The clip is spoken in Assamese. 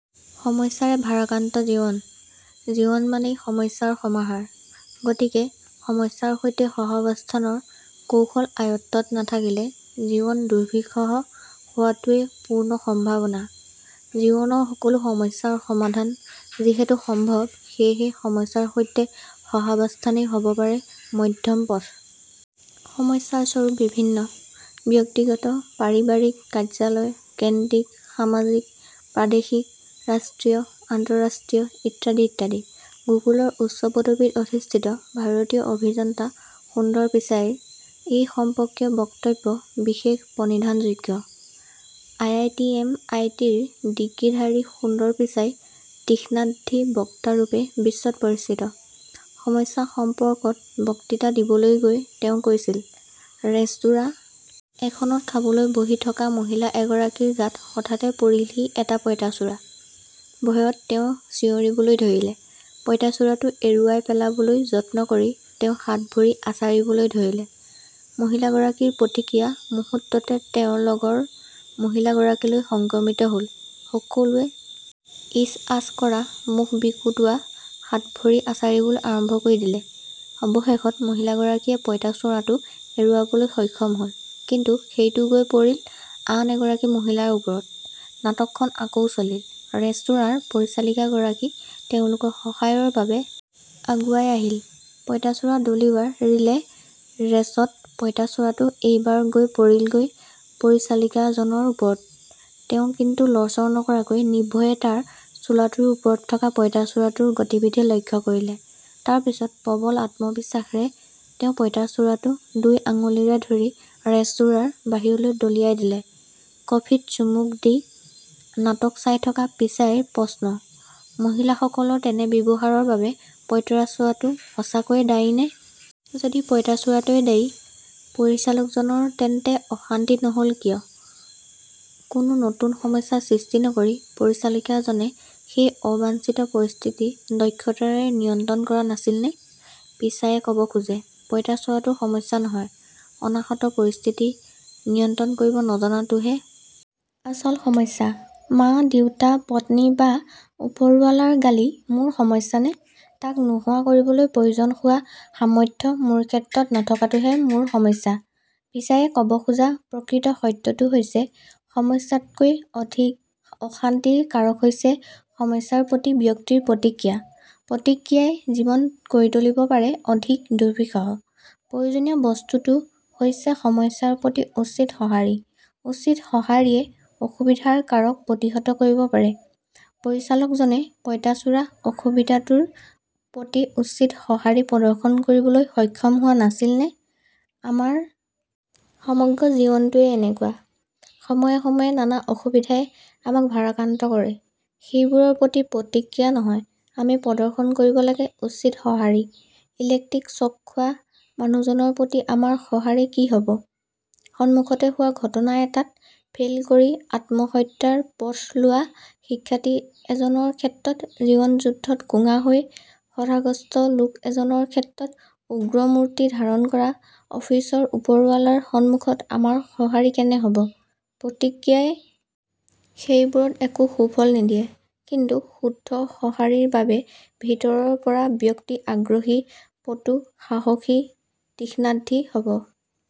সমস্যাৰে ভাৰাক্ৰান্ত জীৱন৷ জীৱন মানেই সমস্যাৰ সমাহাৰ৷ গতিকে সমস্যাৰ সৈতে সহাৱস্থানৰ কৌশল আয়ত্বত নাথাকিলে জীৱন দুৰ্বিসহ হোৱাৰেই পূৰ্ণ সম্ভাৱনা৷ জীৱনৰ সকলো সমস্যাৰ সমাধান যিহেতু অসম্ভৱ সেয়ে সমস্যাৰ সৈতে সহাৱস্থানেই হ'ব পাৰে মধ্যম পথ৷ সমস্যাৰ স্বৰূপ বিভিন্ন৷ ব্যক্তিগত পাৰিবাৰিক কাৰ্যালয় কেন্দ্ৰিক সামাজিক প্ৰাদেশিক ৰাষ্ট্ৰীয় আন্তঃৰাষ্ট্ৰীয় ইত্যাদি ইত্যাদি৷ গুগলৰ উচ্চ পদবীত অধিষ্ঠিত ভাৰতীয় অভিযন্তা সুন্দৰ পিচাইৰ এই সম্পৰ্কীয় বক্তব্য বিশেষ প্ৰণিধানযোগ্য৷ I I T M I টিৰ ডিগ্ৰী ধাৰী সুন্দৰ পিচাই তীক্ষ্ণধী বক্তাৰূপে বিশ্বত পৰিচিত৷ সমস্যা সম্পৰ্কত বক্তৃতা দিবলৈ গৈ তেওঁ কৈছিল। ৰেস্তোৰাঁ এখনত খাবলৈ বহি থকা মহিলা এগৰাকীৰ গাত হঠাতে পৰিলহি এটা পইতাচোৰা৷ ভয়ত তেওঁ চিঞৰিবৈ ধৰিলে৷ পইতাচোৰাটো এৰুৱাই পেলাবলৈ যত্ন কৰি তেওঁ হাত-ভৰি আচাৰিবলৈ ধৰিলে৷ মহিলাগৰাকীৰ প্ৰতিক্ৰিয়া মুহূৰ্ততে তেওঁৰ লগৰ মহিলাসকললৈ সংক্ৰমিত হ'ল৷ সকলোৱে ইচ আচ কৰা মুখ বিকটোৱা হাত-ভৰি আচাৰিবলৈ আৰম্ভ কৰি দিলে৷ অৱশেষত মহিলাগৰাকীয়ে পইতাচোঁৰাটো এৰুৱাবলৈ সক্ষম হ'ল৷ কিন্তু সেইটো গৈ পৰিল আন এগৰাকী মহিলাৰ ওপৰত৷ নাটকখন আকৌ চলিল৷ ৰেস্তোৰাঁৰ পৰিচাৰিকা গৰাকী তেওঁলোকৰ সহায়ৰ বাবে আগুৱাই আহিল৷ পইতাচোঁৰা দলিওৱাৰ ৰিলে ৰেচত পইতাচোঁৰাটো এইবাৰ গৈ পৰিলগৈ পৰিচাৰিকাজনৰ ওপৰত৷ তেওঁ কিন্তু লৰচৰ নকৰাকৈ নিৰ্ভয়ে তাৰ চোলাটোৰ ওপৰত থকা পইতাচোঁৰাটোৰ গতিবিধি লক্ষ্য কৰিলে৷ তাৰ পিছত প্ৰবল আত্মবিশ্বাসেৰে তেওঁ পইতাচোঁৰাটো দুই আঙুলিৰে ধৰি ৰেস্তোৰাঁৰ বাহিৰলৈ দলিয়াই দিলে৷ কফিত চুমুক দি নাটক চাই থকা পিচাইৰ প্ৰশ্ন মহিলাসকলৰ তেনে ব্যৱহাৰৰ বাবে পইতাচোঁৰাটো সঁচাকৈ দায়ী নে? যদি পইতাচোঁৰাই দায়ী পৰিচাৰিকাজনৰ তেনে অশান্তি নহ'ল কিয় কোনো নতুন সমস্যাৰ সৃষ্টি নকৰি পৰিচাৰিকাজনে সেই অবাঞ্ছিত পৰিস্থিতি দক্ষতাৰে নিয়ন্ত্ৰণ কৰা নাছিল নে ?পিচায়ে ক'ব খোজে পইতাচোঁৰাটো সমস্যা নহয় অনাহূত পৰিস্থিতি নিয়ন্ত্ৰণ কৰিব নজনাটোহে আচল সমস্যা৷ মা দেউতা পত্নী বা ওপৰৱালাৰৰ গালি মোৰ সমস্যা নে তাক নোহোৱা কৰিবলৈ প্ৰয়োজন হোৱা সামৰ্থ্য মোৰ ক্ষেত্ৰত নথকাটোহে মোৰ সমস্যা পিচায়ে কব খোজা প্ৰকৃত সত্যটো হৈছে সমস্যাতকৈ অধিক অশান্তিৰ কাৰক হৈছে সমস্যাৰ প্ৰতি ব্যক্তিৰ প্ৰতিক্ৰিয়া৷ প্ৰতিক্ৰিয়াই জীৱন কৰি তুলিব পাৰে অধিক দুৰ্বিসহ৷ প্ৰয়োজনীয় বস্তুটো হৈছে সমস্যাৰ প্ৰতি উচিত সঁহাৰি৷ উচিত সঁহাৰিয়ে অসুবিধাৰ কাৰক প্ৰতিহত কৰিব পাৰে৷ পৰিচাৰকজনে পইতাচোঁৰা অসুবিধাটোৰ প্ৰতি উচিত সঁহাৰি প্ৰদৰ্শন কৰিবলৈ সক্ষম হোৱা নাছিলনে ?আমাৰ সমগ্ৰ জীৱনটোৱেই এনেকুৱা৷ সময়ে সময়ে নানা অসুবিধাই আমাক ভাৰাক্ৰান্ত কৰে৷সেইবোৰৰ প্ৰতি প্ৰতিক্ৰিয়া নহয় আমি প্ৰদৰ্শন কৰিব লাগে উচিত সঁহাৰি৷ ইলেক্টিক শ্বক্ খোৱা মানুহজনৰ প্ৰতি আমাৰ সঁহাৰি কি হব ?সমুখতে হোৱা দুৰ্ঘটনা এটাত ফেইল কৰি আত্মহত্যাৰ পথ লোৱা শিক্ষাৰ্থী এজনৰ ক্ষেত্ৰত জীৱন যুদ্ধত কোঙা হৈ হতাশাগ্ৰস্ত লোক এজনৰ ক্ষেত্ৰত উগ্ৰমূৰ্তি ধাৰণ কৰা অফিচৰ ওপৰৱালাৰ সন্মুখত আমাৰ সঁহাৰি কেনে হব ?প্ৰতিক্ৰিয়াই সেইবোৰত একো সুফল নিদিয়ে৷ কিন্তু শুদ্ধ সঁহাৰিৰ বাবে ভিতৰৰ পৰা ব্যক্তি আগ্ৰহী পটু সাহসী তীক্ষ্ণধী হ'ব।